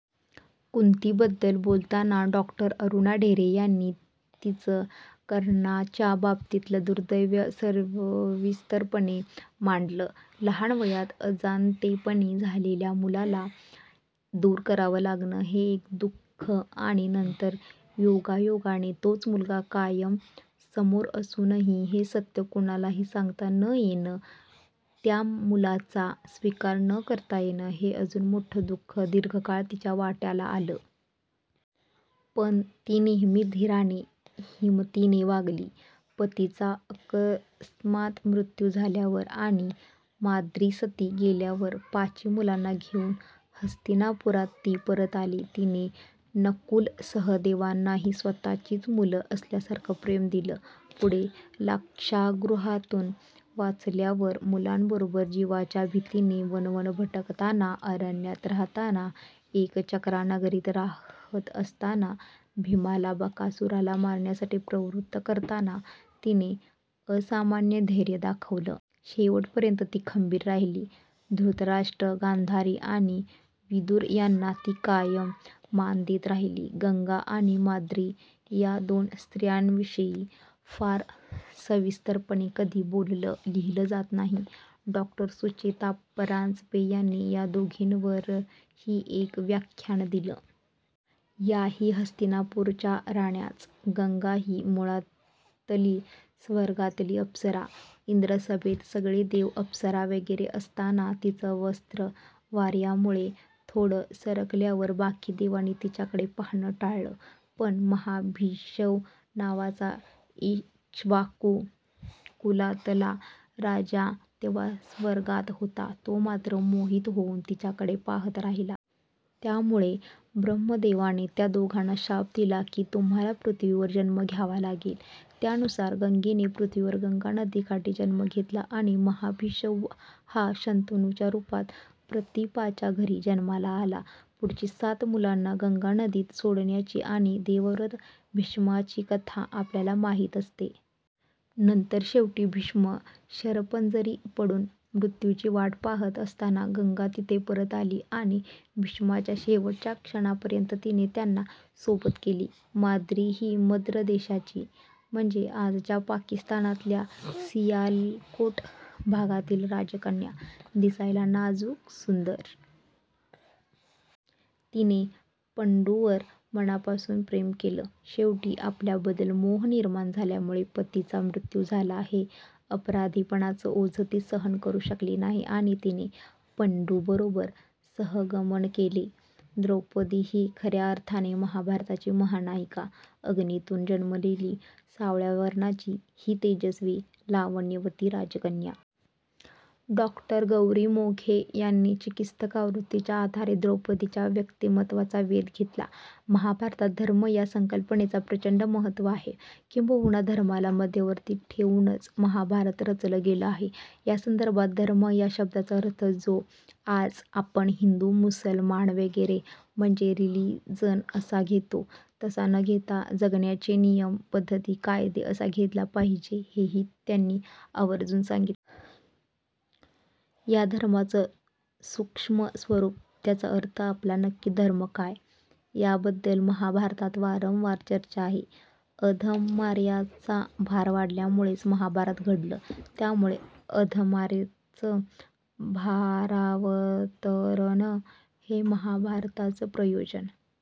कुंतीबद्दल बोलताना डॉ. अरुणा ढेरे यांनी तिचं कर्णाच्या बाबतीतलं दुर्दैव सविस्तरपणे मांडलं. लहान वयात अजाणतेपणी झालेल्या मुलाला दूर करावं लागणं हे एक दु:ख आणि नंतर योगायोगाने तोच मुलगा कायम समोर असूनही हे सत्य कुणालाही सांगता न येणं, त्या मुलाचा स्वीकार न करता येणं हे अजून मोठं दु:ख दीर्घकाळ तिच्या वाट्याला आलं. पण ती नेहमी धीराने, हिमतीने वागली. पतीचा अकस्मात मृत्यू झाल्यावर आणि माद्री सती गेल्यावर पाची मुलांना घेऊन हस्तिनापुरात ती परत आली. तिने नकुल-सहदेवांनाही स्वतःचीच मुलं असल्यासारखं प्रेम दिलं. पुढे लाक्षागृहातून वाचल्यावर मुलांबरोबर जिवाच्या भीतीने वणवण भटकताना, अरण्यात राहताना, एकचक्रा नगरीत रहात असताना भीमाला बकासुराला मारण्यासाठी प्रवृत्त करताना तिने असामान्य धैर्य दाखवलं. शेवटपर्यंत ती खंबीर राहिली. धृतराष्ट्र, गांधारी आणि विदुर यांना ती कायम मान देत राहिली. गंगा आणि माद्री या दोन स्त्रियांविषयी फार सविस्तरपणे कधी बोललं, लिहिलं जात नाही. डॉ. सुचेता परांजपे यांनी या दोघींवरही एक व्याख्यान दिलं. याही हस्तिनापूरच्या राण्याच. गंगा ही मुळातली स्वर्गातली अप्सरा. इंद्रसभेत सगळे देव, अप्सरा वगैरे असताना तिचं वस्त्र वार्यामुळे थोडं सरकल्यावर बाकी देवांनी तिच्याकडे पाहणं टाळलं, पण महाभिषव नावाचा ईक्ष्वाकु कुलातला राजा तेव्हा स्वर्गात होता, तो मात्र मोहित होऊन तिच्याकडे पहात राहिला. त्यामुळे ब्रह्मदेवाने त्या दोघांना शाप दिला की तुम्हाला पृथ्वीवर जन्म घ्यावा लागेल. त्यानुसार गंगेने पृथ्वीवर गंगा नदीकाठी जन्म घेतला आणि महाभिषव हा शंतनूच्या रूपात प्रतीपाच्या घरी जन्माला आला. पुढची सात मुलांना गंगा नदीत सोडण्याची आणि देवव्रत भीष्मांची कथा आपल्याला माहिती असते. नंतर शेवटी भीष्म शरपंजरी पडून मृत्यूची वाट पहात असताना गंगा तिथे परत आली आणि भीष्मांच्या शेवटच्या क्षणापर्यंत तिने त्यांना सोबत केली. माद्री ही मद्र देशाची, म्हणजे आजच्या पाकिस्तानातल्या सियालकोट भागातली राजकन्या. दिसायला नाजूक, सुंदर. तिने पंडूवर मनापासून प्रेम केलं. शेवटी आपल्याबद्दल मोह निर्माण झाल्यामुळे पतीचा मृत्यू झाला हे अपराधीपणाचं ओझं ती सहन करू शकली नाही आणि तिने पंडूबरोबर सहगमन केले. द्रौपदी ही खर्या अर्थाने महाभारताची महानायिका. अग्नीतून जन्मलेली, सावळ्या वर्णाची ही तेजस्वी, लावण्यवती राजकन्या. डॉ. गौरी मोघे यांनी चिकित्सक आवृत्तीच्या आधारे द्रौपदीच्या व्यक्तिमत्त्वाचा वेध घेतला. महाभारतात 'धर्म' या संकल्पनेला प्रचंड महत्त्व आहे. किंबहुना धर्माला मध्यवर्ती ठेवूनच महाभारत रचलं गेलं आहे. या संदर्भात 'धर्म' या शब्दाचा अर्थ जो आज आपण हिंदू, मुसलमान वगैरे, म्हणजे 'रिलीजन' असा घेतो, तसा न घेता 'जगण्याचे नियम, पद्धती, कायदे' असा घेतला पाहिजे हेही त्यांनी आवर्जून सांगितलं. या धर्माचं सूक्ष्म स्वरूप, त्याचा अर्थ, आपला नक्की धर्म काय, याबद्दल महाभारतात वारंवार चर्चा आहे. अधर्माचा भार वाढल्यामुळेच महाभारत घडलं, त्यामुळे अधर्माचं 'भारावतरण' हे महाभारताचं प्रयोजन--